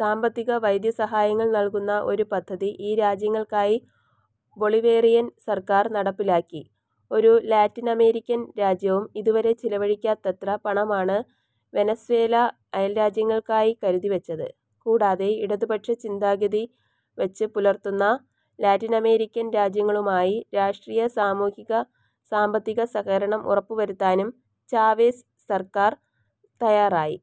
സാമ്പത്തിക, വൈദ്യ സഹായങ്ങൾ നൽകുന്ന ഒരു പദ്ധതി ഈ രാജ്യങ്ങൾക്കായി ബൊളിവേറിയൻ സർക്കാർ നടപ്പിലാക്കി. ഒരു ലാറ്റിനമേരിക്കൻ രാജ്യവും ഇതുവരെ ചിലവഴിക്കാത്തത്ര പണമാണ് വെനസ്വേല അയൽരാജ്യങ്ങൾക്കായി കരുതിവെച്ചത്. കൂടാതെ ഇടതുപക്ഷ ചിന്താഗതി വെച്ചു പുലർത്തുന്ന ലാറ്റിനമേരിക്കൻ രാജ്യങ്ങളുമായി രാഷ്ട്രീയ, സാമൂഹിക, സാമ്പത്തിക സഹകരണം ഉറപ്പുവരുത്താനും ചാവേസ് സർക്കാർ തയ്യാറായി.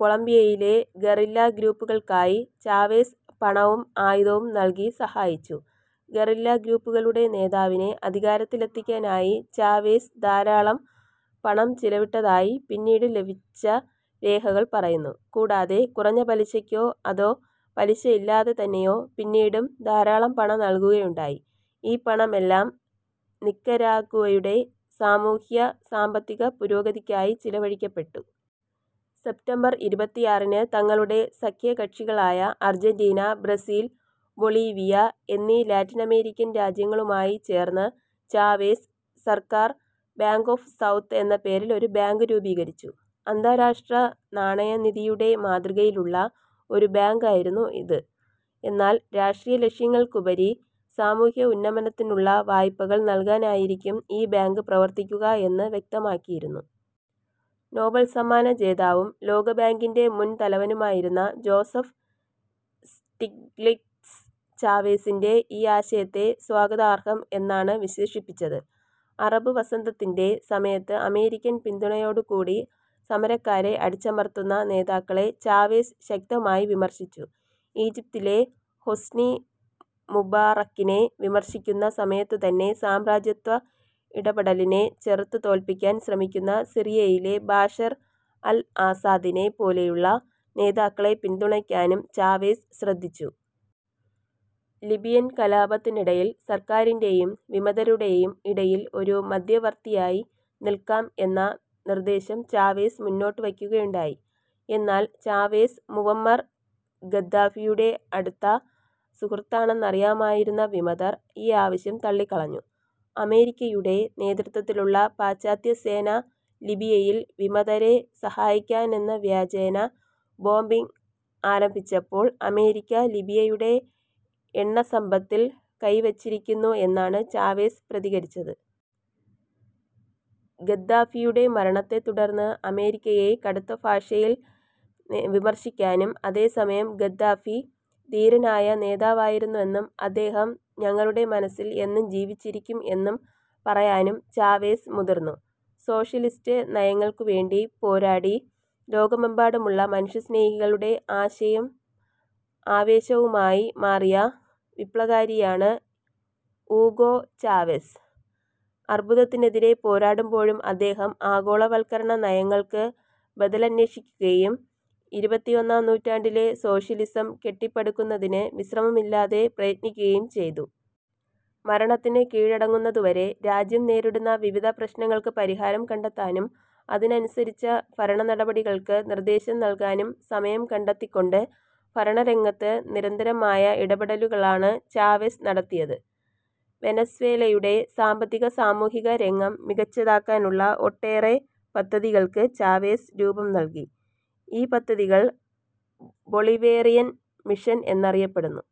കൊളംബിയയിലെ ഗറില്ലാ ഗ്രൂപ്പുകൾക്കായി ചാവേസ് പണവും ആയുധവും നൽകി സഹായിച്ചു. ഗറില്ലാ ഗ്രൂപ്പുകളുടെ നേതാവിനെ അധികാരത്തിലെത്തിക്കാനായി ചാവേസ് ധാരാളം പണം ചിലവിട്ടതായി പിന്നീടു ലഭിച്ച രേഖകൾ പറയുന്നു. കൂടാതെ, കുറഞ്ഞ പലിശക്കോ, അതോ പലിശ ഇല്ലാതെതന്നെയോ പിന്നീടും ധാരാളം പണം നൽകുകയുണ്ടായി. ഈ പണമെല്ലാം നിക്കരാഗ്വയുടെ സാമൂഹ്യ, സാമ്പത്തിക പുരോഗതിക്കായി ചിലവഴിക്കപ്പെട്ടു. സെപ്റ്റംബർ ഇരുപത്തിയാറിന് തങ്ങളുടെ സഖ്യകക്ഷികളായ അർജന്റീന, ബ്രസീൽ, ബൊളീവിയ എന്നീ ലാറ്റിനമേരിക്കൻ രാജ്യങ്ങളുമായി ചേർന്ന് ചാവേസ് സർക്കാർ ബാങ്ക് ഓഫ് സൗത്ത് എന്ന പേരിൽ ഒരു ബാങ്ക് രൂപീകരിച്ചു. അന്താരാഷ്ട്ര നാണയനിധിയുടെ മാതൃകയിലുള്ള ഒരു ബാങ്കായിരുന്നു ഇത്. എന്നാൽ രാഷ്ട്രീയലക്ഷ്യങ്ങൾക്കുപരി സാമൂഹ്യ ഉന്നമനത്തിനുള്ള വായ്പകൾ നൽകാനായിരിക്കും ഈ ബാങ്ക് പ്രവർത്തിക്കുക എന്ന് വ്യക്തമാക്കിയിരുന്നു. നോബൽ സമ്മാന ജേതാവും, ലോകബാങ്കിന്റെ മുൻ തലവനുമായിരുന്ന ജോസഫ് സ്റ്റിഗ്ലിറ്റ്സ് ചാവേസിന്റെ ഈ ആശയത്തെ സ്വാഗതാർഹം എന്നാണ് വിശേഷിപ്പിച്ചത്. അറബ് വസന്തത്തിന്റെ സമയത്ത് അമേരിക്കൻ പിന്തുണയോടുകൂടി സമരക്കാരെ അടിച്ചമർത്തുന്ന നേതാക്കളെ ചാവേസ് ശക്തമായി വിമർശിച്ചു. ഈജിപ്തിലെ ഹൊസ്നി മുബാറക്കിനെ വിമർശിക്കുന്ന സമയത്തുതന്നെ സാമ്രാജ്യത്വ ഇടപെടലിനെ ചെറുത്തു തോൽപ്പിക്കാൻ ശ്രമിക്കുന്ന സിറിയയിലെ ബാഷർ അൽ ആസാദിനെ പോലെയുള്ള നേതാക്കളെ പിന്തുണയ്ക്കാനും ചാവേസ് ശ്രദ്ധിച്ചു. ലിബിയൻ കലാപത്തിനിടയിൽ സർക്കാരിന്റേയും, വിമതരുടേയും ഇടയിൽ ഒരു മദ്ധ്യവർത്തിയായി നിൽക്കാം എന്ന നിർദ്ദേശം ചാവേസ് മുന്നോട്ടു വെയ്ക്കുകയുണ്ടായി. എന്നാൽ ചാവേസ് മുവമ്മർ ഗദ്ദാഫിയുടെ അടുത്ത സുഹൃത്താണെന്നറിയാമായിരുന്ന വിമതർ ഈ ആവശ്യം തള്ളിക്കളഞ്ഞു. അമേരിക്കയുടെ നേതൃത്വത്തിലുള്ള പാശ്ചാത്യസേന ലിബിയയിൽ വിമതരെ സഹായിക്കാനെന്ന വ്യാജേന ബോംബിംഗ് ആരംഭിച്ചപ്പോൾ, അമേരിക്ക ലിബിയയുടെ എണ്ണസമ്പത്തിൽ കൈ വെച്ചിരിക്കുന്നു എന്നാണ് ചാവേസ് പ്രതികരിച്ചത്. ഗദ്ദാഫിയുടെ മരണത്തെതുടർന്ന് അമേരിക്കയെ കടുത്തഭാഷയിൽ വിമർശിക്കാനും, അതേസമയം ഗദ്ദാഫി ധീരനായ നേതാവായിരുന്നെന്നും അദ്ദേഹം ഞങ്ങളുടെ മനസ്സിൽ എന്നും ജീവിച്ചിരിക്കും എന്നു പറയാനും ചാവേസ് മുതിർന്നു സോഷ്യലിസ്റ്റ് നയങ്ങൾക്കുവേണ്ടി പോരാടി ലോകമെമ്പാടുമുള്ള മനുഷ്യസ്നേഹികളുടെ ആശയും ആവേശവുമായി മാറിയ വിപ്ലവകാരിയാണ് ഊഗോ ചാവെസ്. അർബുദത്തിനെതിരേ പോരാടുമ്പോഴും അദ്ദേഹം ആഗോളവൽക്കരണനയങ്ങൾക്ക് ബദലന്വേഷിക്കുകയും ഇരുപത്തിയൊന്നാം നൂറ്റാണ്ടിലെ സോഷ്യലിസം കെട്ടിപ്പടുക്കുന്നതിന് വിശ്രമമില്ലാതെ പ്രയത്നിക്കുകയും ചെയ്തു. മരണത്തിന് കീഴടങ്ങുന്നതുവരെ രാജ്യം നേരിടുന്ന വിവിധ പ്രശ്നങ്ങൾക്ക് പരിഹാരം കണ്ടെത്താനും അതിനനുസരിച്ച ഭരണനടപടികൾക്ക് നിർദ്ദേശങ്ങൾ നൽകാനും സമയം കണ്ടെത്തിക്കൊണ്ട് ഭരണരംഗത്ത് നിരന്തരമായ ഇടപെടലുകളാണ് ചാവെസ് നടത്തിയത്. വെനസ്വേലയുടെ സാമ്പത്തിക, സാമൂഹിക, രംഗം മികച്ചതാക്കാനുള്ള ഒട്ടേറെ പദ്ധതികൾക്ക് ചാവേസ് രൂപം നൽകി. ഈ പദ്ധതികൾ ബൊളിവേറിയൻ മിഷൻ എന്നറിയപ്പെടുന്നു.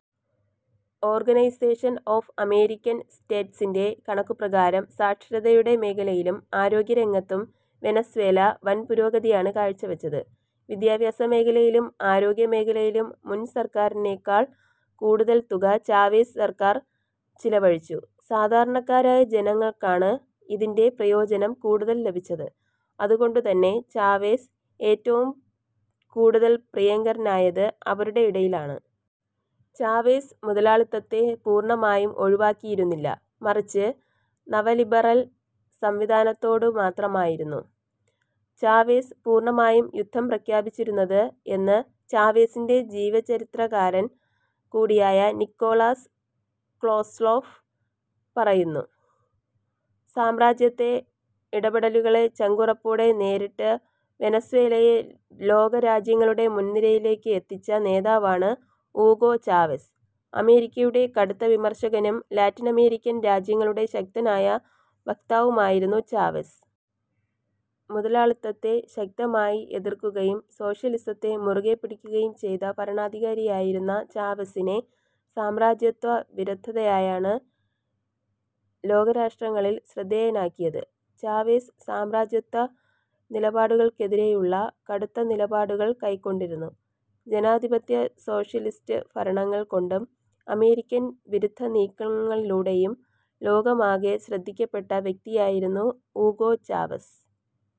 ഓർഗനൈസേഷൻ ഓഫ് അമേരിക്കൻ സ്റ്റേറ്റ്സിന്റെ കണക്കുപ്രകാരം സാക്ഷരതയുടെ മേഖലയിലും, ആരോഗ്യരംഗത്തും വെനസ്വേല വൻപുരോഗതിയാണ് കാഴ്ചവെച്ചത്. വിദ്യാഭ്യാസ മേഖലയിലും, ആരോഗ്യ മേഖലയിലും മുൻ സർക്കാരിനേക്കാൾ കൂടുതൽ തുക ചാവേസ് സർക്കാർ ചിലവഴിച്ചു. സാധാരണക്കാരായ ജനങ്ങൾക്കാണ് ഇതിന്റെ പ്രയോജനം കൂടുതൽ ലഭിച്ചത്. അതുകൊണ്ടുതന്നെ ചാവേസ് ഏറ്റവും കൂടുതൽ പ്രിയങ്കരനായത് അവരുടെ ഇടയിലാണ്. ചാവേസ് മുതലാളിത്തത്തെ പൂർണ്ണമായും ഒഴിവാക്കിയിരുന്നില്ല, മറിച്ച് നവലിബറൽ സംവിധാനത്തോടു മാത്രമായിരുന്നു ചാവേസ് പൂർണ്ണമായും യുദ്ധം പ്രഖ്യാപിച്ചിരുന്നത് എന്ന് ചാവേസിന്റെ ജീവചരിത്രകാരൻ കൂടിയായ നിക്കോളാസ് കോസ്ലോഫ് പറയുന്നു. സാമ്രാജ്യത്ത ഇടപെടലുകളെ ചങ്കുറപ്പോടെ നേരിട്ട് വെനസ്വേലയെ ലോകരാജ്യങ്ങളുടെ മുൻനിരയിലേക്ക് എത്തിച്ച നേതാവാണ് ഊഗോ ചാവെസ്. അമേരിക്കയുടെ കടുത്ത വിമർശകനും ലാറ്റിനമേരിക്കൻ രാജ്യങ്ങളുടെ ശക്തനായ വക്താവുമായിരുന്നു ചാവെസ്. മുതലാളിത്തത്തെ ശക്തമായി എതിർക്കുകയും സോഷ്യലിസത്തെ മുറുകെ പിടിക്കുകയും ചെയ്ത ഭരണാധികാരിയായിരുന്ന ചാവെസിനെ സാമ്രാജ്യത്വ വിരുദ്ധതയാണ് ലോകരാഷ്ട്രങ്ങളിൽ ശ്രദ്ധേയനാക്കിയത്. ചാവേസ് സാമ്രാജ്യത്വ നിലപാടുകൾക്കെതിരേയുള്ള കടുത്ത നിലപാടുകൾ കൈക്കൊണ്ടിരുന്നു. ജനാധിപത്യ-സോഷ്യലിസ്റ്റ് ഭരണങ്ങൾ കൊണ്ടും, അമേരിക്കൻ വിരുദ്ധ നീക്കങ്ങളിലൂടെയും ലോകമാകെ ശ്രദ്ധിക്കപ്പെട്ട വ്യക്തിയായിരുന്നു ഊഗോ ചാവെസ്.